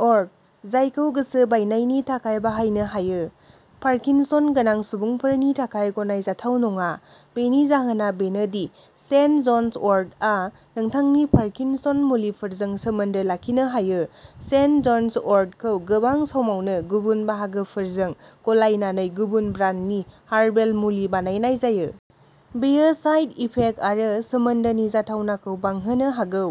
वर्ट, जायखौ गोसो बायनायनि थाखाय बाहायनो हायो, पार्किनसन गोनां सुबुंफोरनि थाखाय गनायजाथाव नङा। बेनि जाहोना बेनो दि सेन्ट जन्स वर्टआ नोंथांनि पार्किनसन मुलिफोरजों सोमोन्दो लाखिनो हायो। सेन्ट जन्स वर्टखौ गोबां समावनो गुबुन बाहागोफोरजों गलायनानै गुबुन ब्रान्डनि हार्बेल मुलि बानायनाय जायो। बेयो साइड इफेक्ट आरो सोमोन्दोनि जाथावनाखौ बांहोनो हागौ।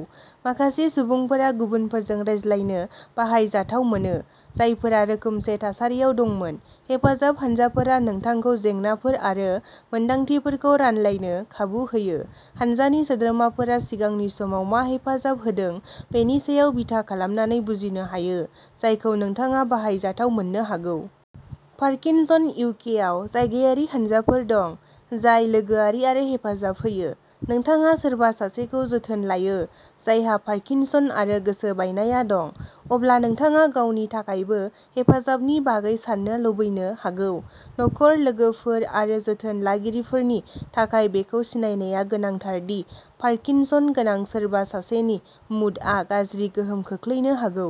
माखासे सुबुंफोरा गुबुनफोरजों रायज्लायनो बाहायजाथाव मोनो, जायफोरा रोखोमसे थासारियाव दंमोन। हेफाजाब हानजाफोरा नोंथांखौ जेंनाफोर आरो मोनदांथिफोरखौ रानलायनो खाबु होयो। हान्जानि सोद्रोमाफोरा सिगांनि समाव मा हेफाजाब होदों बेनि सायाव बिथा खालामनानै बुजिनो हायो, जायखौ नोंथाङा बाहायजाथाव मोननो हागौ। पार्किनसन इउकेआव जायगायारि हानजाफोर दं, जाय लोगोआरि आरो हेफाजाब होयो। नोंथाङा सोरबा सासेखौ जोथोन लायो, जायहा पार्किनसन आरो गोसो बायनाया दं, अब्ला नोंथाङा गावनि थाखायबो हेफाजाबनि बागै साननो लुबैनो हागौ। नखर, लोगोफोर आरो जोथोन लागिरिफोरनि थाखाय बेखौ सिनायनाया गोनांथार दि पार्किनसन गोनां सोरबा सासेनि मुडआ गाज्रि गोहोम खोख्लैनो हागौ।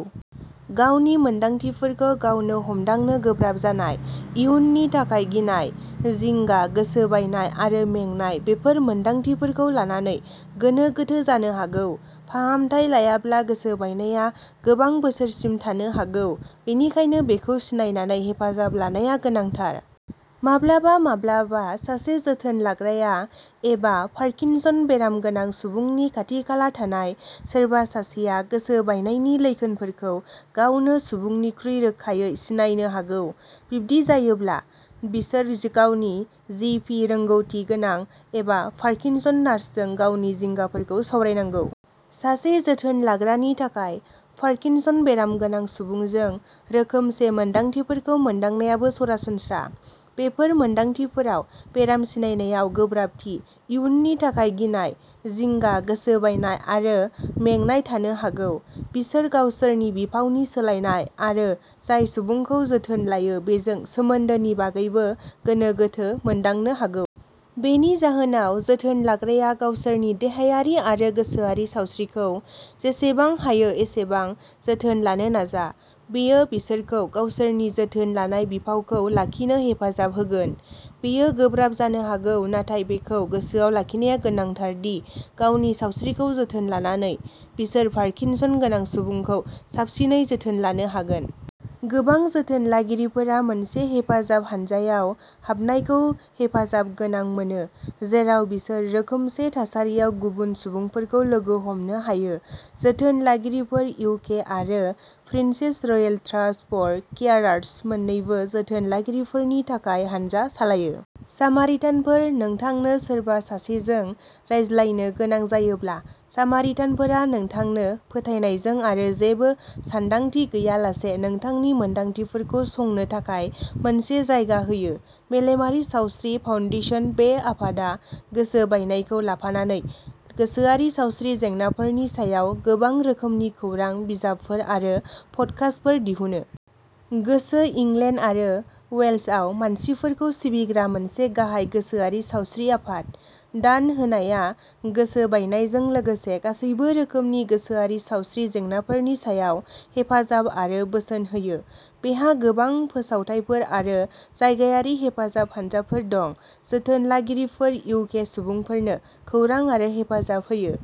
गावनि मोन्दांथिफोरखौ गावनो हमदांनो गोब्राब जानाय, इयुननि थाखाय गिनाय, जिंगा, गोसो बायनाय आरो मेंनाय बेफोर मोन्दांथिफोरखौ लानानै गोनो गोथो जानो हागौ। फाहामथाय लायाब्ला गोसो बायनाया गोबां बोसोरसिम थानो हागौ, बेनिखायनो बेखौ सिनायनानै हेफाजाब लानाया गोनांथार। माब्लाबा-माब्लाबा सासे जोथोन लाग्राया एबा पार्किनसन बेराम गोनां सुबुंनि खाथि-खाला थानाय सोरबा सासेआ गोसो बायनायनि लैखोनफोरखौ गावनो सुबुंनिख्रुइ रोखायै सिनायनो हागौ। बिदि जायोब्ला, बिसोर गावनि जि. पि., रोंग'थि गोनां एबा पार्किनसन नार्सजों गावनि जिंगाफोरखौ सावरायनांगौ। सासे जोथोन लाग्रानि थाखाय पार्किनसन बेराम गोनां सुबुंजों रोखोमसे मोन्दांथिफोरखौ मोनदांनायाबो सरासनस्रा। बेफोर मोनदांथिफोराव बेराम सिनायनायाव गोब्राबथि, इयुननि थाखाय गिनाय, जिंगा, गोसो बायनाय आरो मेंनाय थानो हागौ। बिसोर गावसोरनि बिफावनि सोलायनाय आरो जाय सुबुंखौ जोथोन लायो बेजों सोमोन्दोनि बागैबो गोनो गोथो मोनदांनो हागौ। बेनि जाहोनाव, जोथोन लाग्राया गावसोरनि देहायारि आरो गोसोआरि सावस्रिखौ जेसेबां हायो एसेबां जोथोन लानो नाजा। बेयो बिसोरखौ गावसोरनि जोथोन लानाय बिफावखौ लाखिनो हेफाजाब होगोन। बेयो गोब्राब जानो हागौ, नाथाय बेखौ गोसोआव लाखिनाया गोनांथार दि गावनि सावस्रिखौ जोथोन लानानै, बिसोर पार्किनसन गोनां सुबुंखौ साबसिनै जोथोन लानो हागोन। गोबां जोथोन लागिरिफोरा मोनसे हेफाजाब हान्जायाव हाबनायखौ हेफाजाब गोनां मोनो, जेराव बिसोर रोखोमसे थासारियाव गुबुन सुबुंफोरखौ लोगो हमनो हायो। जोथोन लागिरिफोर इउके आरो Princess Royal Trust for Carers मोन्नैबो जोथोन लागिरिफोरनि थाखाय हानजा सालायो। सामारिटानफोर नोंथांनो सोरबा सासेजों रायज्लायनो गोनां जायोब्ला, सामारिटानफोरा नोंथांनो फोथायनायजों आरो जेबो सानदांथि गैयालासे नोंथांनि मोनदांथिफोरखौ संनो थाखाय मोनसे जायगा होयो। मेलेमारि सावस्रि फाउन्डेसन बे आफादआ गोसोबायनायखौ लाफानानै गोसोआरि सावस्रि जेंनाफोरनि सायाव गोबां रोखोमनि खौरां, बिजाबफोर आरो पडकास्टफोर दिहुनो। गोसो इंलेण्ड आरो वेल्सआव मानसिफोरखौ सिबिग्रा मोनसे गाहाय गोसोआरि सावस्रि आफाद। दान होनाया गोसो बायनायजों लोगोसे गासैबो रोखोमनि गोसोआरि सावस्रि जेंनाफोरनि सायाव हेफाजाब आरो बोसोन होयो। बेहा गोबां फोसावथायफोर आरो जायगायारि हेफाजाब हानजाफोर दं। जोथोन लागिरिफोर इउके सुबुंफोरनो खौरां आरो हेफाजाब होयो।